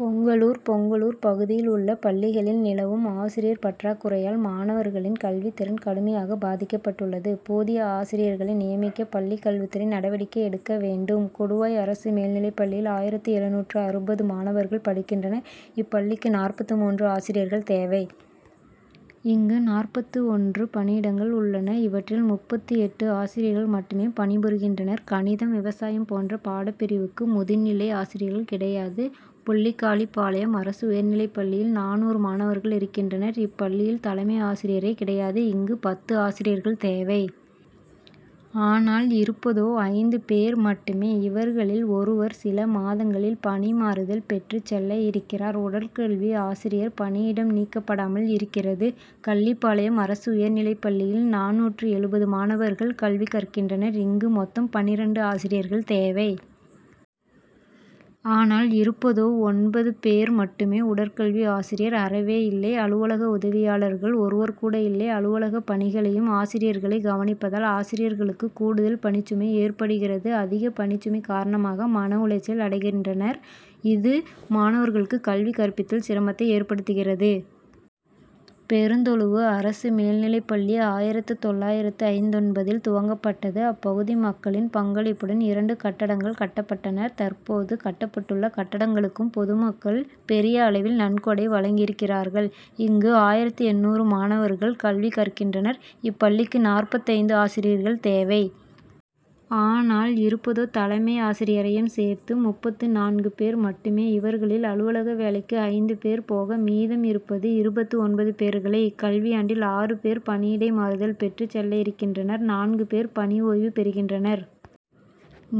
பொங்கலூர் பொங்கலூர் பகுதியில் உள்ள பள்ளிகளில் நிலவும் ஆசிரியர் பற்றாக்குறையால், மாணவர் களின் கல்வி திறன் கடுமையாக பாதிக்கப்பட்டுள்ளது. போதிய ஆசிரியர்களை நியமிக்க, பள்ளி கல்வித்துறை நடவடிக்கை எடுக்க வேண்டும். கொடுவாய் அரசு மேல்நிலைப் பள்ளியில் ஆயிரத்து எழுநூற்று அறுபது மாணவர்கள் படிக்கின்றனர். இப்பள்ளிக்கு நாற்பத்து மூன்று ஆசிரியர்கள் தேவை. இங்கு நாற்பத்து ஒன்று பணியிடங்கள் உள்ளன. இவற்றில் முப்பத்து எட்டு ஆசிரியர்கள் மட்டுமே பணி புரிகின்றனர். கணிதம், விவசாயம் போன்ற பாடப்பிரிவுக்கு முதுநிலை ஆசிரியர்கள் கிடையாது. பொல்லிக்காளிபாளையம் அரசு உயர்நிலைப்பள்ளியில் நானூறு மாணவர்கள் இருக்கின்றனர். இப் பள்ளியில் தலைமை ஆசிரியரே கிடையாது. இங்கு பத்து ஆசிரியர்கள் தேவை. ஆனால் இருப்பதோ ஐந்து பேர் மட்டுமே. இவர்களில் ஒருவர், சில மாதங்களில் பணி மாறுதல் பெற்று செல்ல இருக்கிறார். உடற்கல்வி ஆசிரியர் பணியிடம் நியமிக்கப்படாமல் இருக்கிறது. கள்ளிப்பாளையம் அரசு உயர் நிலைப்பள்ளியில் நானூற்று எழுபது மாணவர்கள் கல்வி கற்கின்றனர். இங்கு மொத்தம் பன்னிரண்டு ஆசிரியர்கள் தேவை. ஆனால் இருப்பதோ ஒன்பது பேர் மட்டுமே. உடற்கல்வி ஆசிரியர் அறவே இல்லை. அலுவலக உதவி யாளர்கள் ஒருவர் கூட இல்லை. அலுவலக பணிகளையும் ஆசிரியர் களே கவனிப்பதால், ஆசிரியர் களுக்கு கூடுதல் பணிச்சுமை ஏற்படுகிறது. அதிக பணிச்சுமை காரணமாக மன உளைச்சல் அடை கின்றனர். இது, மாணவர்களுக்கு கல்வி கற்பிப்பதில் சிரமத்தை ஏற்படுத்துகிறது. பெருந்தொழுவு அரசு மேல் நிலைப்பள்ளி ஆயிரத்து தொள்ளாயிரத்து ஐம்பத்தொன்பதில் துவக்கப் பட்டது. அப்பகுதி மக்களின் பங்களிப்புடன் இரண்டு கட்டடங் கள் கட்டப்பட்டன. தற்போது கட்டப்பட்டுள்ள கட்டடங்களுக் கும் பொதுமக்கள் பெரிய அளவில் நன்கொடை வழங்கியிருக்கிறார்கள். இங்கு ஆயிரத்து எண்ணூறு மாணவர்கள் கல்வி கற்கின்றனர். இப்பள்ளிக்கு நாற்பத்தைந்து ஆசிரியர்கள் தேவை. ஆனால் இருப்பதோ தலைமை ஆசிரியரை யும் சேர்த்து முப்பத்து நான்கு பேர் மட்டுமே. இவர்களில் அலுவலக வேலைக்கு ஐந்து பேர் போக, மீதம் இருப்பது இருபத்து ஒன்பது பேர்களே. இக்கல்வியாண்டில் ஆறு பேர் பணியிட மாறுதல் பெற்று செல்ல இருக்கின்றனர். நான்கு பேர் பணி ஓய்வு பெறுகின்றனர்.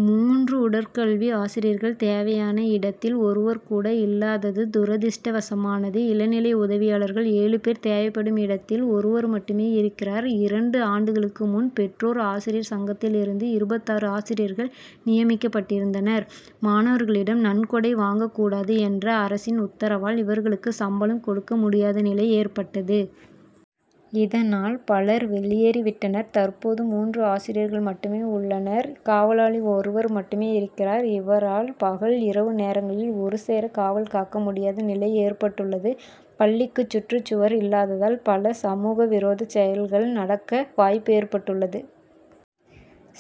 மூன்று உடற்கல்வி ஆசிரியர்கள் தேவையான இடத்தில் ஒருவர் கூட இல்லாதது துரதிஷ்டவசமானது. இளநிலை உதவியாளர்கள் ஏழு பேர் தேவைப்படும் இடத்தில் ஒருவர் மட்டுமே இருக்கிறார். இரண்டு ஆண்டுகளுக்கு முன் பெற்றோர் ஆசிரியர் சங்கத்தில் இருந்து இருபத்தாறு ஆசிரியர்கள் நிய மிக்கப்பட்டிருந்தனர். மாணவர்களிடம் நன்கொடை வாங்கக் கூடாது என்ற அரசின் உத்தரவால், இவர்களுக்கு சம்பளம் கொடுக்க முடியாத நிலை ஏற்பட்டது. இத னால் பலர் வெளியேறி விட்டனர். தற்போது மூன்று ஆசிரியர்கள் மட்டுமே உள்ளனர். காவலாளி ஒருவர் மட்டுமே இருக்கிறார். இவரால் பகல், இரவு நேரங்களில் ஒரு சேர காவல் காக்க முடியாத நிலை ஏற்பட்டுள்ளது. பள்ளிக்கு சுற்றுச்சுவர் இல்லாத தால், பல சமூக விரோத செயல்கள் நடக்க வாய்ப்பு ஏற்பட்டுள்ளது.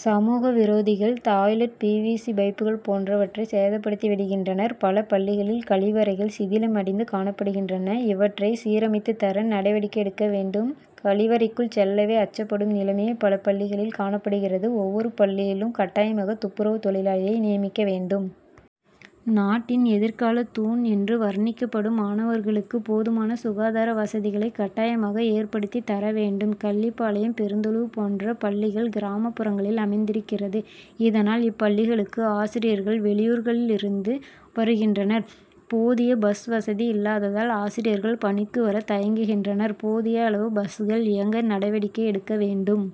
சமூக விரோதிகள், டாய்லெட்', பி. வி. சி., பைப்புகள் போன்ற வற்றை சேதப்படுத்தி விடுகின்றனர். பல பள்ளிகளில் கழிவறைகள் சிதிலமடைந்து காணப்படுகின்றன. இவற்றை சீரமைத்து தர நட வடிக்கை எடுக்க வேண்டும். கழி வறைக்குள் செல்லவே அச்சப் படும் நிலையே பல பள்ளிகளில் காணப்படுகிறது. ஒவ்வொரு பள்ளி யிலும் கட்டாயமாக துப்புரவு தொழிலாளியை நியமிக்க வேண்டும். நாட்டின் எதிர்காலத் தூண் என்று வர்ணிக்கப்படும் மாணவர்களுக்கு போதுமான சுகாதார வசதிகளை கட்டாயமாக ஏற்படுத்தி தர வேண்டும். கள்ளிப்பாளையம், பெருந் தொழுவு போன்ற பள்ளிகள் கிராமப்புறங்களில் அமைந்தி ருக்கிறது. இதனால், இப்பள்ளி களுக்கு ஆசிரியர்கள் வெளியூர் களில் இருந்து வருகின்றனர். போதிய பஸ் வசதி இல்லாததால், ஆசிரியர்கள் பணிக்கு வர தயங்குகின்றனர். போதிய அளவு பஸ்கள் இயக்க நடவடிக்கை எடுக்க வேண்டும்.